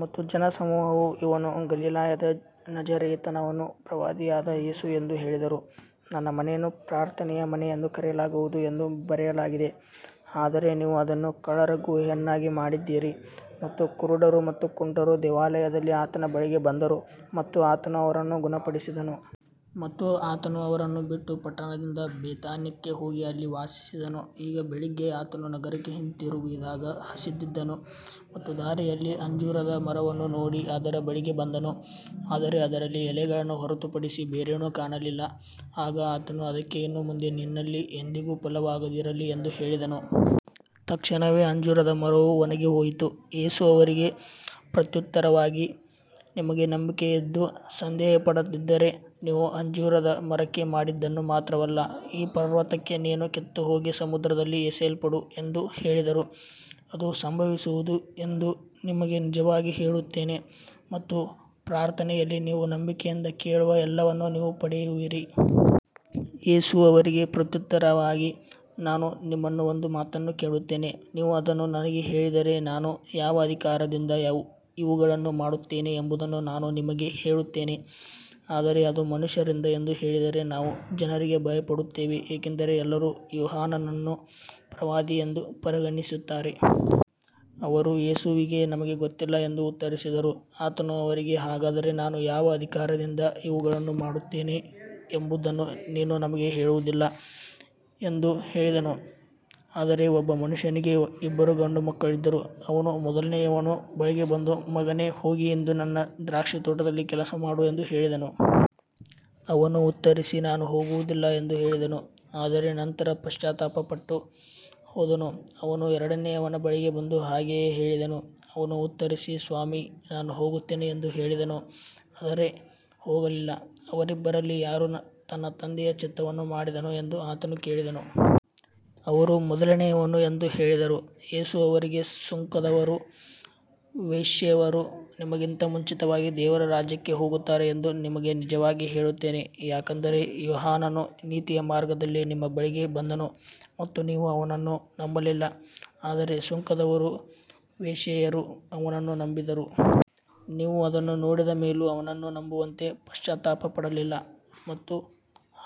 ಮತ್ತು ಜನಸಮೂಹವು ಇವನು ಗಲಿಲಾಯದ ನಜರೇತಿನವನು, ಪ್ರವಾದಿಯಾದ ಯೇಸು ಎಂದು ಹೇಳಿದರು. ನನ್ನ ಮನೆಯನ್ನು ಪ್ರಾರ್ಥನೆಯ ಮನೆ ಎಂದು ಕರೆಯಲಾಗುವುದು ಎಂದು ಬರೆಯಲಾಗಿದೆ, ಆದರೆ ನೀವು ಅದನ್ನು ಕಳ್ಳರ ಗುಹೆಯನ್ನಾಗಿ ಮಾಡಿದ್ದೀರಿ. ಮತ್ತು ಕುರುಡರು ಮತ್ತು ಕುಂಟರು ದೇವಾಲಯದಲ್ಲಿ ಆತನ ಬಳಿಗೆ ಬಂದರು ಮತ್ತು ಆತನು ಅವರನ್ನು ಗುಣಪಡಿಸಿದನು. ಮತ್ತು ಆತನು ಅವರನ್ನು ಬಿಟ್ಟು ಪಟ್ಟಣದಿಂದ ಬೇಥಾನ್ಯಕ್ಕೆ ಹೋಗಿ ಅಲ್ಲಿ ವಾಸಿಸಿದನು. ಈಗ ಬೆಳಿಗ್ಗೆ ಆತನು ನಗರಕ್ಕೆ ಹಿಂತಿರುಗಿದಾಗ ಹಸಿದಿದ್ದನು. ಮತ್ತು ದಾರಿಯಲ್ಲಿ ಅಂಜೂರದ ಮರವನ್ನು ನೋಡಿ ಅದರ ಬಳಿಗೆ ಬಂದನು, ಆದರೆ ಅದರಲ್ಲಿ ಎಲೆಗಳನ್ನು ಹೊರತುಪಡಿಸಿ ಬೇರೇನೂ ಕಾಣಲಿಲ್ಲ. ಆಗ ಆತನು ಅದಕ್ಕೆ, ಇನ್ನು ಮುಂದೆ ನಿನ್ನಲ್ಲಿ ಎಂದಿಗೂ ಫಲವಾಗದಿರಲಿ ಎಂದು ಹೇಳಿದನು. ತಕ್ಷಣವೇ ಅಂಜೂರದ ಮರವು ಒಣಗಿಹೋಯಿತು. ಯೇಸು ಅವರಿಗೆ ಪ್ರತ್ಯುತ್ತರವಾಗಿ, ನಿಮಗೆ ನಂಬಿಕೆಯಿದ್ದು ಸಂದೇಹಪಡದಿದ್ದರೆ ನೀವು ಅಂಜೂರದ ಮರಕ್ಕೆ ಮಾಡಿದ್ದನ್ನು ಮಾತ್ರವಲ್ಲ, ಈ ಪರ್ವತಕ್ಕೆ, ನೀನು ಕಿತ್ತುಹೋಗಿ ಸಮುದ್ರದಲ್ಲಿ ಎಸೆಯಲ್ಪಡು ಎಂದು ಹೇಳಿದರೂ ಅದು ಸಂಭವಿಸುವುದು ಎಂದು ನಿಮಗೆ ನಿಜವಾಗಿ ಹೇಳುತ್ತೇನೆ. ಮತ್ತು ಪ್ರಾರ್ಥನೆಯಲ್ಲಿ ನೀವು ನಂಬಿಕೆಯಿಂದ ಕೇಳುವ ಎಲ್ಲವನ್ನೂ ನೀವು ಪಡೆಯುವಿರಿ. ಯೇಸು ಅವರಿಗೆ ಪ್ರತ್ಯುತ್ತರವಾಗಿ, ನಾನೂ ನಿಮ್ಮನ್ನು ಒಂದು ಮಾತನ್ನು ಕೇಳುತ್ತೇನೆ. ನೀವು ಅದನ್ನು ನನಗೆ ಹೇಳಿದರೆ, ನಾನು ಯಾವ ಅಧಿಕಾರದಿಂದ ಇವುಗಳನ್ನು ಮಾಡುತ್ತೇನೆ ಎಂಬುದನ್ನು ನಾನೂ ನಿಮಗೆ ಹೇಳುತ್ತೇನೆ. ಆದರೆ ಅದು ಮನುಷ್ಯರಿಂದ ಎಂದು ಹೇಳಿದರೆ, ನಾವು ಜನರಿಗೆ ಭಯಪಡುತ್ತೇವೆ, ಏಕೆಂದರೆ ಎಲ್ಲರೂ ಯೋಹಾನನನ್ನು ಪ್ರವಾದಿಯೆಂದು ಪರಿಗಣಿಸುತ್ತಾರೆ. ಅವರು ಯೇಸುವಿಗೆ, ನಮಗೆ ಗೊತ್ತಿಲ್ಲ ಎಂದು ಉತ್ತರಿಸಿದರು. ಆತನು ಅವರಿಗೆ, ಹಾಗಾದರೆ ನಾನು ಯಾವ ಅಧಿಕಾರದಿಂದ ಇವುಗಳನ್ನು ಮಾಡುತ್ತೇನೆ ಎಂಬುದನ್ನು ನಾನೂ ನಿಮಗೆ ಹೇಳುವುದಿಲ್ಲ ಎಂದು ಹೇಳಿದನು. ಆದರೆ ಒಬ್ಬ ಮನುಷ್ಯನಿಗೆ ಇಬ್ಬರು ಗಂಡು ಮಕ್ಕಳಿದ್ದರು. ಅವನು ಮೊದಲನೆಯವನ ಬಳಿಗೆ ಬಂದು, ಮಗನೇ, ಹೋಗಿ ಇಂದು ನನ್ನ ದ್ರಾಕ್ಷಿತೋಟದಲ್ಲಿ ಕೆಲಸಮಾಡು ಎಂದು ಹೇಳಿದನು. ಅವನು ಉತ್ತರಿಸಿ, ನಾನು ಹೋಗುವುದಿಲ್ಲ ಎಂದು ಹೇಳಿದನು, ಆದರೆ ನಂತರ ಪಶ್ಚಾತ್ತಾಪಪಟ್ಟು ಹೋದನು. ಅವನು ಎರಡನೆಯವನ ಬಳಿಗೆ ಬಂದು ಹಾಗೆಯೇ ಹೇಳಿದನು. ಅವನು ಉತ್ತರಿಸಿ, ಸ್ವಾಮೀ, ನಾನು ಹೋಗುತ್ತೇನೆ ಎಂದು ಹೇಳಿದನು, ಆದರೆ ಹೋಗಲಿಲ್ಲ. ಅವರಿಬ್ಬರಲ್ಲಿ ಯಾರು ತನ್ನ ತಂದೆಯ ಚಿತ್ತವನ್ನು ಮಾಡಿದನು ಎಂದು ಆತನು ಕೇಳಿದನು. ಅವರು ಮೊದಲನೆಯವನು ಎಂದು ಹೇಳಿದರು. ಯೇಸು ಅವರಿಗೆ, ಸುಂಕದವರೂ ವೇಶ್ಯೆಯರೂ ನಿಮಗಿಂತ ಮುಂಚಿತವಾಗಿ ದೇವರ ರಾಜ್ಯಕ್ಕೆ ಹೋಗುತ್ತಾರೆ ಎಂದು ನಿಮಗೆ ನಿಜವಾಗಿ ಹೇಳುತ್ತೇನೆ. ಯಾಕಂದರೆ ಯೋಹಾನನು ನೀತಿಯ ಮಾರ್ಗದಲ್ಲಿ ನಿಮ್ಮ ಬಳಿಗೆ ಬಂದನು ಮತ್ತು ನೀವು ಅವನನ್ನು ನಂಬಲಿಲ್ಲ, ಆದರೆ ಸುಂಕದವರೂ ವೇಶ್ಯೆಯರೂ ಅವನನ್ನು ನಂಬಿದರು. ನೀವು ಅದನ್ನು ನೋಡಿದ ಮೇಲೂ ಅವನನ್ನು ನಂಬುವಂತೆ ಪಶ್ಚಾತ್ತಾಪಪಡಲಿಲ್ಲ. ಮತ್ತು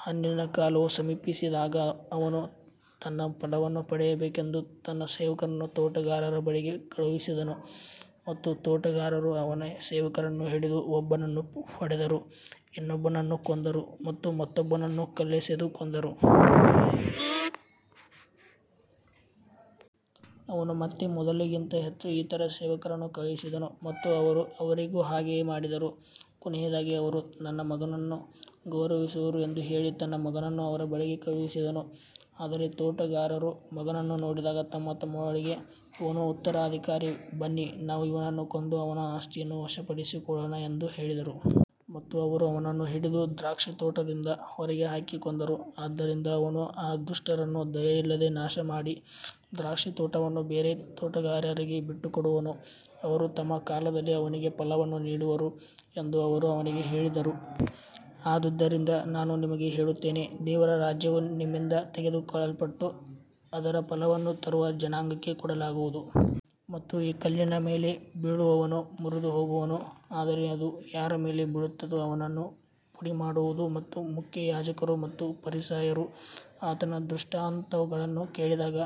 ಹಣ್ಣಿನ ಕಾಲವು ಸಮೀಪಿಸಿದಾಗ ಅವನು ತನ್ನ ಫಲವನ್ನು ಪಡೆಯಬೇಕೆಂದು ತನ್ನ ಸೇವಕರನ್ನು ತೋಟಗಾರರ ಬಳಿಗೆ ಕಳುಹಿಸಿದನು. ಮತ್ತು ತೋಟಗಾರರು ಅವನ ಸೇವಕರನ್ನು ಹಿಡಿದು, ಒಬ್ಬನನ್ನು ಹೊಡೆದರು, ಇನ್ನೊಬ್ಬನನ್ನು ಕೊಂದರು ಮತ್ತು ಮತ್ತೊಬ್ಬನನ್ನು ಕಲ್ಲೆಸೆದು ಕೊಂದರು. ಅವನು ಮತ್ತೆ ಮೊದಲಿಗಿಂತ ಹೆಚ್ಚು ಇತರ ಸೇವಕರನ್ನು ಕಳುಹಿಸಿದನು ಮತ್ತು ಅವರು ಅವರಿಗೂ ಹಾಗೆಯೇ ಮಾಡಿದರು. ಕೊನೆಯದಾಗಿ, ಅವರು ನನ್ನ ಮಗನನ್ನು ಗೌರವಿಸುವರು ಎಂದು ಹೇಳಿ ತನ್ನ ಮಗನನ್ನು ಅವರ ಬಳಿಗೆ ಕಳುಹಿಸಿದನು. ಆದರೆ ತೋಟಗಾರರು ಮಗನನ್ನು ನೋಡಿದಾಗ ತಮ್ಮತಮ್ಮೊಳಗೆ, ಇವನು ಉತ್ತರಾಧಿಕಾರಿ. ಬನ್ನಿ, ನಾವು ಇವನನ್ನು ಕೊಂದು ಅವನ ಆಸ್ತಿಯನ್ನು ವಶಪಡಿಸಿಕೊಳ್ಳೋಣ ಎಂದು ಹೇಳಿದರು. ಮತ್ತು ಅವರು ಅವನನ್ನು ಹಿಡಿದು ದ್ರಾಕ್ಷಿತೋಟದಿಂದ ಹೊರಗೆ ಹಾಕಿ ಕೊಂದರು. ಆದ್ದರಿಂದ ಅವನು ಆ ದುಷ್ಟರನ್ನು ದಯೆಯಿಲ್ಲದೆ ನಾಶಮಾಡಿ, ದ್ರಾಕ್ಷಿತೋಟವನ್ನು ಬೇರೆ ತೋಟಗಾರರಿಗೆ ಬಿಟ್ಟುಕೊಡುವನು, ಅವರು ತಮ್ಮ ಕಾಲದಲ್ಲಿ ಅವನಿಗೆ ಫಲವನ್ನು ನೀಡುವರು ಎಂದು ಅವರು ಅವನಿಗೆ ಹೇಳಿದರು. ಆದುದರಿಂದ ನಾನು ನಿಮಗೆ ಹೇಳುತ್ತೇನೆ, ದೇವರ ರಾಜ್ಯವು ನಿಮ್ಮಿಂದ ತೆಗೆದುಕೊಳ್ಳಲ್ಪಟ್ಟು ಅದರ ಫಲವನ್ನು ತರುವ ಜನಾಂಗಕ್ಕೆ ಕೊಡಲಾಗುವುದು. ಮತ್ತು ಈ ಕಲ್ಲಿನ ಮೇಲೆ ಬೀಳುವವನು ಮುರಿದುಹೋಗುವನು, ಆದರೆ ಅದು ಯಾರ ಮೇಲೆ ಬೀಳುತ್ತದೋ ಅವನನ್ನು ಪುಡಿಮಾಡುವುದು. ಮತ್ತು ಮುಖ್ಯಯಾಜಕರು ಮತ್ತು ಫರಿಸಾಯರು ಆತನ ದೃಷ್ಟಾಂತಗಳನ್ನು ಕೇಳಿದಾಗ,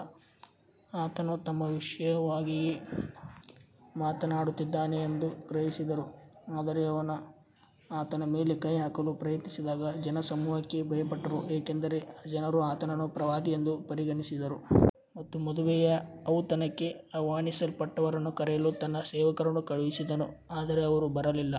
ಆತನು ತಮ್ಮ ವಿಷಯವಾಗಿಯೇ ಮಾತನಾಡುತ್ತಿದ್ದಾನೆಂದು ಗ್ರಹಿಸಿದರು. ಆದರೆ ಅವರು ಆತನ ಮೇಲೆ ಕೈಹಾಕಲು ಪ್ರಯತ್ನಿಸಿದಾಗ ಜನಸಮೂಹಕ್ಕೆ ಭಯಪಟ್ಟರು, ಏಕೆಂದರೆ ಜನರು ಆತನನ್ನು ಪ್ರವಾದಿಯೆಂದು ಪರಿಗಣಿಸಿದ್ದರು. ಮತ್ತು ಮದುವೆಯ ಔತಣಕ್ಕೆ ಆಹ್ವಾನಿಸಲ್ಪಟ್ಟವರನ್ನು ಕರೆಯಲು ತನ್ನ ಸೇವಕರನ್ನು ಕಳುಹಿಸಿದನು, ಆದರೆ ಅವರು ಬರಲಿಲ್ಲ.